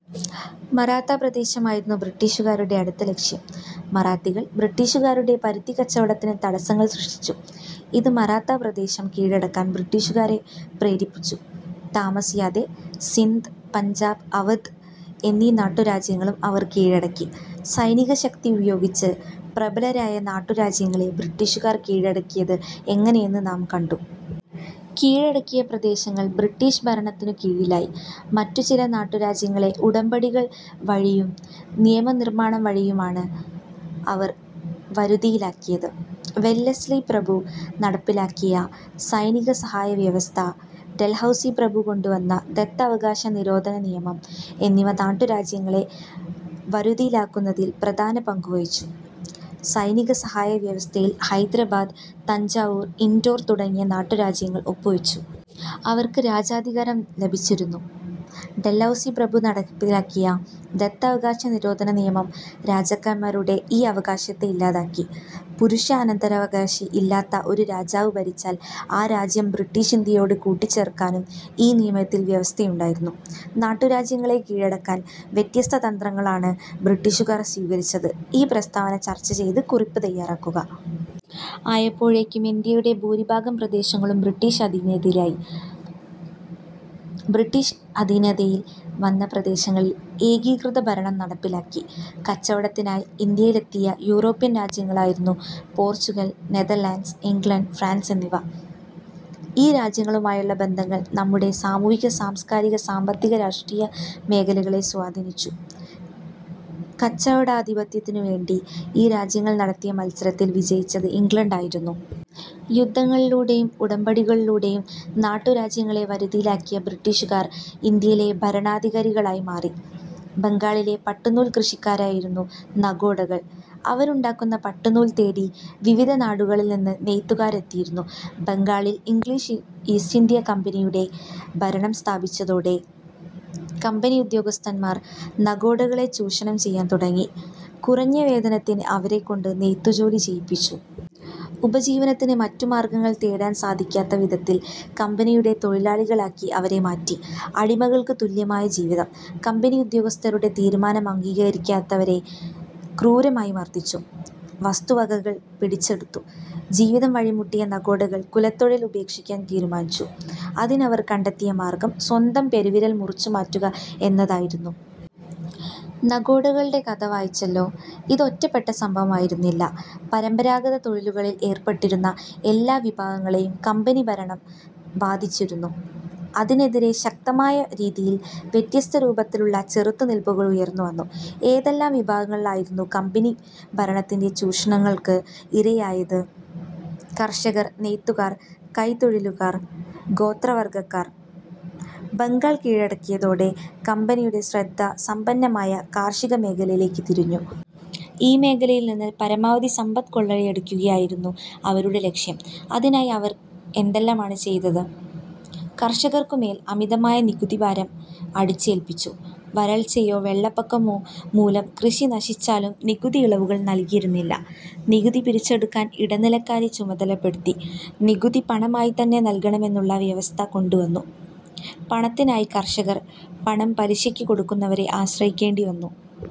മറാത്ത പ്രദേശമായിരുന്നു ബ്രിട്ടീഷുകാരുടെ അടുത്ത ലക്ഷ്യം. മറാത്തികൾ ബ്രിട്ടീഷുകാരുടെ പരുത്തിക്കച്ചവടത്തിന് തടസ്സങ്ങൾ സൃഷ്ടിച്ചു. ഇത് മറാത്താ പ്രദേശം കീഴടക്കാൻ ബ്രിട്ടീഷുകാരെ പ്രേരിപ്പിച്ചു. താമസിയാതെ സിന്ധ്, പഞ്ചാബ്, അവധ് എന്നീ നാട്ടുരാജ്യങ്ങളും അവർ കീഴടക്കി. സൈനികശക്തി ഉപയോഗിച്ച് പ്രബലരായ നാട്ടുരാജ്യങ്ങളെ ബ്രിട്ടീഷുകാർ കീഴടക്കിയത് എങ്ങനെയെന്ന് നാം കണ്ടു. കീഴടക്കിയ പ്രദേശങ്ങൾ ബ്രിട്ടീഷ് ഭരണത്തിനു കീഴിലായി. മറ്റുചില നാട്ടുരാജ്യങ്ങളെ ഉടമ്പടികൾ വഴിയും നിയമനിർമ്മാണം വഴിയുമാണ് അവർ വരു തിയിലാക്കിയത്. വെല്ലസ്ലി പ്രഭു നടപ്പിലാക്കിയ സൈനിക സഹായ വ്യവസ്ഥ, ഡൽഹൗസി പ്രഭു കൊണ്ടുവന്ന "ദത്തവകാശ നിരോധനനിയമം' എന്നിവ നാട്ടുരാജ്യങ്ങളെ വരുതിയിലാക്കുന്നതിൽ പ്രധാന പങ്കുവഹിച്ചു. സൈനികസഹായ വ്യവസ്ഥയിൽ ഹൈദരാബാദ്, തഞ്ചാവൂർ, ഇൻഡോർ തുടങ്ങിയ നാട്ടുരാജ്യങ്ങൾ ഒപ്പുവച്ചു. അവർക്ക് രാജാധികാരം ലഭിച്ചിരുന്നു. ഡൽഹൗസി പ്രഭു നടപ്പിലാക്കിയ ദത്തവകാശ നിരോധനിയമം രാജാക്കന്മാരുടെ ഈ അവകാശത്തെ ഇല്ലാതാക്കി. പുരുഷ അനന്തരാവകാശി ഇല്ലാത്ത ഒരു രാജാവ് മരിച്ചാൽ ആ രാജ്യം ബ്രിട്ടീഷിന്ത്യയോട് കൂട്ടിച്ചേർക്കാനും ഈ നിയമത്തിൽ വ്യവസ്ഥയുണ്ടായിരുന്നു. നാട്ടുരാജ്യങ്ങളെ കീഴടക്കാൻ വ്യത്യസ്ത തന്ത്രങ്ങളാണ് ബ്രിട്ടീഷുകാർ സ്വീകരിച്ചത്. ഈ പ്രസ്താവന ചർച്ചചെയ്ത് കുറിപ്പ് തയ്യാറാക്കുക. ആയപ്പോഴേക്കും ഇന്ത്യയുടെ ഭൂരിഭാഗം പ്രദേശങ്ങളും ബ്രിട്ടീഷ് അധീനതയിലായി. ബ്രിട്ടീഷ് അധീനതയിൽ വന്ന പ്രദേശങ്ങളിൽ ഏകീകൃതഭരണം നടപ്പിലാക്കി. കച്ചവടത്തിനായി ഇന്ത്യയിലെത്തിയ യൂറോപ്യൻ രാജ്യങ്ങളായിരുന്നു പോർച്ചുഗൽ, നെതർലാന്റ്സ്, ഇംഗ്ലണ്ട്, ഫ്രാൻസ് എന്നിവ. ഈ രാജ്യങ്ങളുമായുള്ള ബന്ധങ്ങൾ നമ്മുടെ സാമൂഹിക-സാംസ്കാരിക-സാമ്പത്തിക രാഷ്ട്രീയ മേഖലകളെ സ്വാധീനിച്ചു. കച്ചവടാധിപത്യത്തിനുവേണ്ടി ഈ രാജ്യങ്ങൾ നടത്തിയ മത്സരത്തിൽ വിജയിച്ചത് ഇംഗ്ലണ്ടായിരുന്നു. യുദ്ധങ്ങളിലൂടെയും ഉടമ്പടികളിലൂടെയും നാട്ടുരാജ്യങ്ങളെ വരുതിയിലാക്കിയ ബ്രിട്ടീഷുകാർ ഇന്ത്യയിലെ ഭരണാധികാരികളായി മാറി. ബംഗാളിലെ പട്ടുനൂൽ കൃഷിക്കാരായിരുന്നു നഗോഡകൾ. അവരുണ്ടാക്കുന്ന പട്ടുനൂൽ തേടി വിവിധ നാടുകളിൽനിന്ന് നെയ്ത്തുകാരെത്തിയിരുന്നു. ബംഗാളിൽ ഇംഗ്ലീഷ് ഈസ്റ്റിന്ത്യാ കമ്പനിയുടെ ഭരണം സ്ഥാപിച്ചതോടെ കമ്പനി ഉദ്യോഗസ്ഥന്മാർ നഗോഡകളെ ചൂഷണം ചെയ്യാൻ തുടങ്ങി. കുറഞ്ഞ വേതനത്തിന് അവരെക്കൊണ്ട് നെയ്ത്തുജോലി ചെയ്യിപ്പിച്ചു. ഉപജീവനത്തിന് മറ്റു മാർഗ്ഗങ്ങൾ തേടാൻ സാധിക്കാത്തവിധത്തിൽ കമ്പനിയുടെ തൊഴിലാളികളാക്കി അവരെ മാറ്റി. അടിമകൾക്ക് തുല്യമായ ജീവിതം! കമ്പനി ഉദ്യോഗസ്ഥരുടെ തീരുമാനം അംഗീകരിക്കാത്തവരെ ക്രൂരമായി മർദ്ദിച്ചു. വസ്തുവകകൾ പിടിച്ചെടുത്തു. ജീവിതം വഴിമുട്ടിയ നഗോഡകൾ കുലത്തൊഴിൽ ഉപേക്ഷിക്കാൻ തീരുമാനിച്ചു. അതിനവർ കണ്ടെത്തിയ മാർഗ്ഗം സ്വന്തം പെരുവിരൽ മുറിച്ചുമാറ്റുക എന്നതായിരുന്നു. നഗോഡകളുടെ കഥ വായിച്ചല്ലോ. ഇത് ഒറ്റപ്പെട്ട സംഭവമായിരുന്നില്ല. പരമ്പരാഗത തൊഴിലുകളിൽ ഏർപ്പെട്ടിരുന്ന എല്ലാ വിഭാഗങ്ങളെയും കമ്പനി ഭരണം ബാധിച്ചിരുന്നു. അതിനെതിരെ ശക്തമായ രീതിയിൽ വ്യത്യസ്ത രൂപത്തിലുള്ള ചെറുത്തു നിൽപ്പുകൾ ഉയർന്നുവന്നു. ഏതെല്ലാം വിഭാഗങ്ങളിലായിരുന്നു കമ്പനി ഭരണത്തിന്റെ ചൂഷണങ്ങൾക്ക് ഇരയായത് കർഷകർ, നെയ്ത്തുകാർ, കൈത്തൊഴിലുകാർ, ഗോത്രവർഗ്ഗക്കാർ. ബംഗാൾ കീഴടക്കിയതോടെ കമ്പനിയുടെ ശ്രദ്ധ സമ്പന്നമായ കാർഷികമേഖലയിലേക്ക് തിരിഞ്ഞു. ഈ മേഖലയിൽനിന്ന് പരമാവധി സമ്പത്ത് കൊള്ളയടിക്കുകയായിരുന്നു അവരുടെ ലക്ഷ്യം. അതിനായി അവരെന്തെല്ലാമാണ് ചെയ്തത്? കർഷകർക്കുമേൽ അമിതമായ നികുതിഭാരം അടിച്ചേൽപ്പിച്ചു. വരൾച്ചയോ വെള്ളപ്പൊക്കമോ മൂലം കൃഷി നശിച്ചാലും നികുതി ഇളവുകൾ നൽകിയിരുന്നില്ല. നികുതി പിരിച്ചെടുക്കാൻ ഇടനിലക്കാരെ ചുമതലപ്പെടുത്തി. നികുതി പണമായിത്തന്നെ നൽകണമെന്നുള്ള വ്യവസ്ഥ കൊണ്ടുവന്നു. പണത്തിനായി കർഷകർ പണം പലിശയ്ക്ക് കൊടുക്കുന്നവരെ ആശ്രയിക്കേണ്ടിവന്നു.